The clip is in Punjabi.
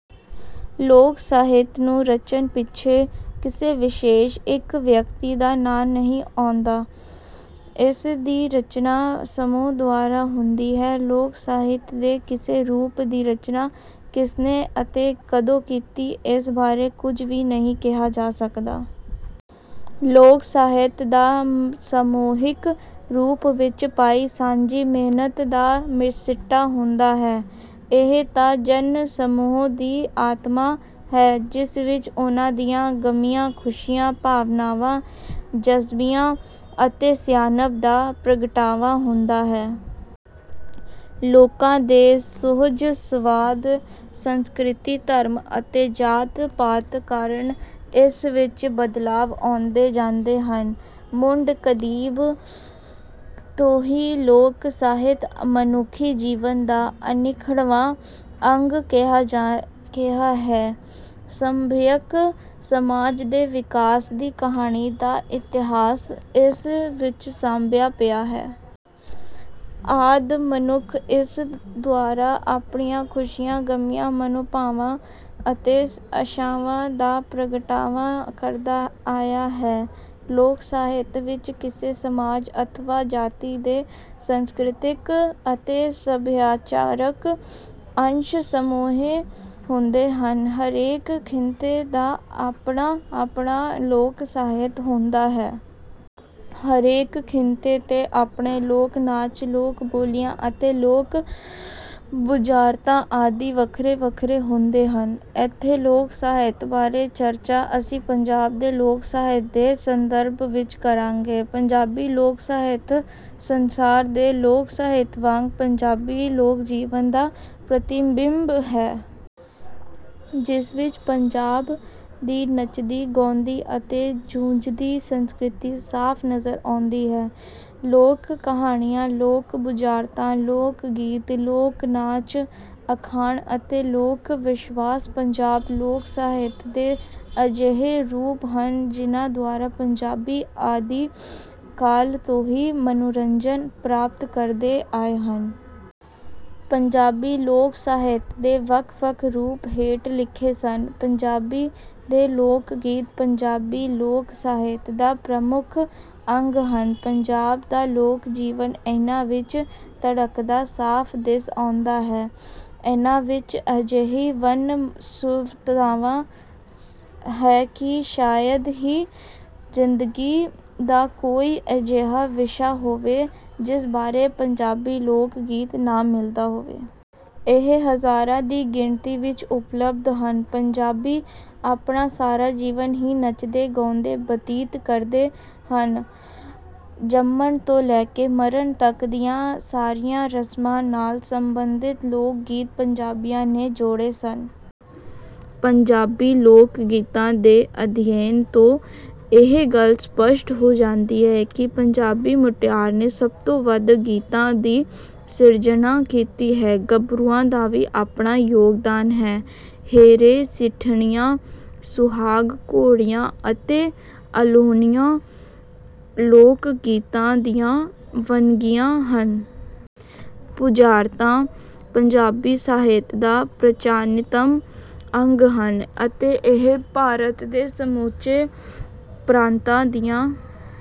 ਲੋਕ ਸਾਹਿਤ ਨੂੰ ਰਚਨ ਪਿੱਛੇ ਕਿਸੇ ਵਿਸ਼ੇਸ਼ ਇੱਕ ਵਿਅਕਤੀ ਦਾ ਨਾਂ ਨਹੀਂ ਹੁੰਦਾ। ਇਸ ਦੀ ਰਚਨਾ ਸਮੂਹ ਦੁਆਰਾ ਹੁੰਦੀ ਹੈ। ਲੋਕ ਸਾਹਿਤ ਦੇ ਕਿਸੇ ਰੂਪ ਦੀ ਰਚਨਾ ਕਿਸ ਨੇ ਅਤੇ ਕਦੋਂ ਕੀਤੀ, ਇਸ ਬਾਰੇ ਕੁਝ ਵੀ ਨਹੀਂ ਕਿਹਾ ਜਾ ਸਕਦਾ। ਲੋਕ ਸਾਹਿਤ ਤਾਂ ਸਮੂਹਿਕ ਰੂਪ ਵਿੱਚ ਪਾਈ ਸਾਂਝੀ ਮਿਹਨਤ ਦਾ ਸਿੱਟਾ ਹੁੰਦਾ ਹੈ। ਇਹ ਤਾਂ ਜਨ-ਸਮੂਹ ਦੀ ਆਤਮਾ ਹੈ, ਜਿਸ ਵਿੱਚ ਉਨ੍ਹਾਂ ਦੀਆਂ ਗਮੀਆਂ, ਖੁਸ਼ੀਆਂ, ਭਾਵਨਾਵਾਂ, ਜਜ਼ਬਿਆਂ ਅਤੇ ਸਿਆਣਪ ਦਾ ਪ੍ਰਗਟਾਵਾ ਹੁੰਦਾ ਹੈ। ਲੋਕਾਂ ਦੇ ਸੁਹਜ ਸਵਾਦ, ਸੰਸਕ੍ਰਿਤੀ, ਧਰਮ ਅਤੇ ਜਾਤ-ਪਾਤ ਕਾਰਨ ਇਸ ਵਿੱਚ ਬਦਲਾਵ ਆਉਂਦੇ ਜਾਂਦੇ ਹਨ। ਮੁੱਢ ਕਦੀਮ ਤੋਂ ਹੀ ਲੋਕ ਸਾਹਿਤ ਮਨੁੱਖੀ ਜੀਵਨ ਦਾ ਅਨਿੱਖੜਵਾਂ ਅੰਗ ਰਿਹਾ ਹੈ। ਸੱਭਿਅਕ ਸਮਾਜ ਦੇ ਵਿਕਾਸ ਦੀ ਕਹਾਣੀ ਦਾ ਇਤਿਹਾਸ ਇਸ ਵਿੱਚ ਸਾਂਭਿਆ ਪਿਆ ਹੈ। ਆਦਿ ਮਨੁੱਖ ਇਸ ਦੁਆਰਾ ਆਪਣੀਆਂ ਖੁਸ਼ੀਆਂ, ਗਮੀਆਂ, ਮਨੋਭਾਵਾਂ ਅਤੇ ਆਸ਼ਾਵਾਂ ਦਾ ਪ੍ਰਗਟਾਵਾ ਕਰਦਾ ਆਇਆ ਹੈ। ਲੋਕ ਸਾਹਿਤ ਵਿੱਚ ਕਿਸੇ ਸਮਾਜ ਅਥਵਾ ਜਾਤੀ ਦੇ ਸੰਸਕ੍ਰਿਤਕ ਅਤੇ ਸੱਭਿਆਚਾਰਕ ਅੰਸ਼ ਸਮੋਏ ਹੁੰਦੇ ਹਨ। ਹਰੇਕ ਖਿੱਤੇ ਦਾ ਆਪਣਾ-ਆਪਣਾ ਲੋਕ ਸਾਹਿਤ ਹੁੰਦਾ ਹੈ। ਹਰੇਕ ਖਿੱਤੇ ਦੇ ਆਪਣੇ ਲੋਕ ਨਾਚ, ਲੋਕ ਬੋਲੀਆਂ ਅਤੇ ਲੋਕ ਬੁਝਾਰਤਾਂ ਆਦਿ ਵੱਖਰੇ-ਵੱਖਰੇ ਹੁੰਦੇ ਹਨ। ਇੱਥੇ ਲੋਕ ਸਾਹਿਤ ਬਾਰੇ ਚਰਚਾ ਅਸੀਂ ਪੰਜਾਬ ਦੇ ਲੋਕ ਸਾਹਿਤ ਦੇ ਸੰਦਰਭ ਵਿੱਚ ਕਰਾਂਗੇ। ਪੰਜਾਬੀ ਲੋਕ ਸਾਹਿਤ, ਸੰਸਾਰ ਦੇ ਲੋਕ ਸਾਹਿਤ ਵਾਂਗ ਪੰਜਾਬੀ ਲੋਕ ਜੀਵਨ ਦਾ ਪ੍ਰਤੀਬਿੰਬ ਹੈ। ਜਿਸ ਵਿੱਚ ਪੰਜਾਬ ਦੀ ਨੱਚਦੀ, ਗਾਉਂਦੀ ਅਤੇ ਜੂਝਦੀ ਸੰਸਕ੍ਰਿਤੀ ਸਾਫ਼ ਨਜ਼ਰ ਆਉਂਦੀ ਹੈ। ਲੋਕ ਕਹਾਣੀਆਂ, ਲੋਕ ਬੁਝਾਰਤਾਂ, ਲੋਕ ਗੀਤ, ਲੋਕ ਨਾਚ, ਅਖਾਣ ਅਤੇ ਲੋਕ ਵਿਸ਼ਵਾਸ ਪੰਜਾਬੀ ਲੋਕ ਸਾਹਿਤ ਦੇ ਅਜਿਹੇ ਰੂਪ ਹਨ, ਜਿਨ੍ਹਾਂ ਦੁਆਰਾ ਪੰਜਾਬੀ ਆਦਿ ਕਾਲ ਤੋਂ ਹੀ ਮਨੋਰੰਜਨ ਪ੍ਰਾਪਤ ਕਰਦੇ ਆਏ ਹਨ। ਪੰਜਾਬੀ ਲੋਕ ਸਾਹਿਤ ਦੇ ਵੱਖ-ਵੱਖ ਰੂਪ ਹੇਠ ਲਿਖੇ ਹਨ। ਪੰਜਾਬੀ ਦੇ ਲੋਕ ਗੀਤ ਪੰਜਾਬੀ ਲੋਕ ਸਾਹਿਤ ਦਾ ਪ੍ਰਮੁੱਖ ਅੰਗ ਹਨ। ਪੰਜਾਬ ਦਾ ਲੋਕ ਜੀਵਨ ਇਹਨਾਂ ਵਿੱਚ ਧੜਕਦਾ ਸਾਫ਼ ਦਿਸ ਆਉਂਦਾ ਹੈ। ਇਹਨਾਂ ਵਿੱਚ ਅਜਿਹੀ ਵੰਨ-ਸੁਵੰਨਤਾ ਹੈ ਕਿ ਸ਼ਾਇਦ ਹੀ ਜ਼ਿੰਦਗੀ ਦਾ ਕੋਈ ਅਜਿਹਾ ਵਿਸ਼ਾ ਹੋਵੇ ਜਿਸ ਬਾਰੇ ਪੰਜਾਬੀ ਲੋਕ ਗੀਤ ਨਾ ਮਿਲਦਾ ਹੋਵੇ। ਇਹ ਹਜ਼ਾਰਾਂ ਦੀ ਗਿਣਤੀ ਵਿੱਚ ਉਪਲਬਧ ਹਨ। ਪੰਜਾਬੀ ਆਪਣਾ ਸਾਰਾ ਜੀਵਨ ਹੀ ਨੱਚਦੇ-ਗਾਉਂਦੇ ਬਤੀਤ ਕਰਦੇ ਹਨ। ਜੰਮਣ ਤੋਂ ਲੈ ਕੇ ਮਰਨ ਤੱਕ ਦੀਆਂ ਸਾਰੀਆਂ ਰਸਮਾਂ ਨਾਲ ਸੰਬੰਧਿਤ ਲੋਕ ਗੀਤ ਪੰਜਾਬੀਆਂ ਨੇ ਜੋੜੇ ਹਨ। ਪੰਜਾਬੀ ਲੋਕ ਗੀਤਾਂ ਦੇ ਅਧਿਐਨ ਤੋਂ ਇਹ ਗੱਲ ਸਪਸ਼ਟ ਹੋ ਜਾਂਦੀ ਹੈ ਕਿ ਪੰਜਾਬੀ ਮੁਟਿਆਰ ਨੇ ਸਭ ਤੋਂ ਵੱਧ ਗੀਤਾਂ ਦੀ ਸਿਰਜਣਾ ਕੀਤੀ ਹੈ। ਗੱਭਰੂਆਂ ਦਾ ਵੀ ਆਪਣਾ ਯੋਗਦਾਨ ਹੈ। ਹੇਰੇ, ਸਿੱਠਣੀਆਂ, ਸੁਹਾਗ, ਘੋੜੀਆਂ ਅਤੇ ਅਲੋ੍ਹਣੀਆਂ ਲੋਕ ਗੀਤਾਂ ਦੀਆਂ ਵੰਨਗੀਆਂ ਹਨ। ਬੁਝਾਰਤਾਂ ਪੰਜਾਬੀ ਸਾਹਿਤ ਦਾ ਪ੍ਰਾਚੀਨਤਮ ਅੰਗ ਹਨ, ਅਤੇ ਇਹ ਭਾਰਤ ਦੇ ਸਮੁੱਚੇ ਪ੍ਰਾਂਤਾਂ ਦੀਆਂ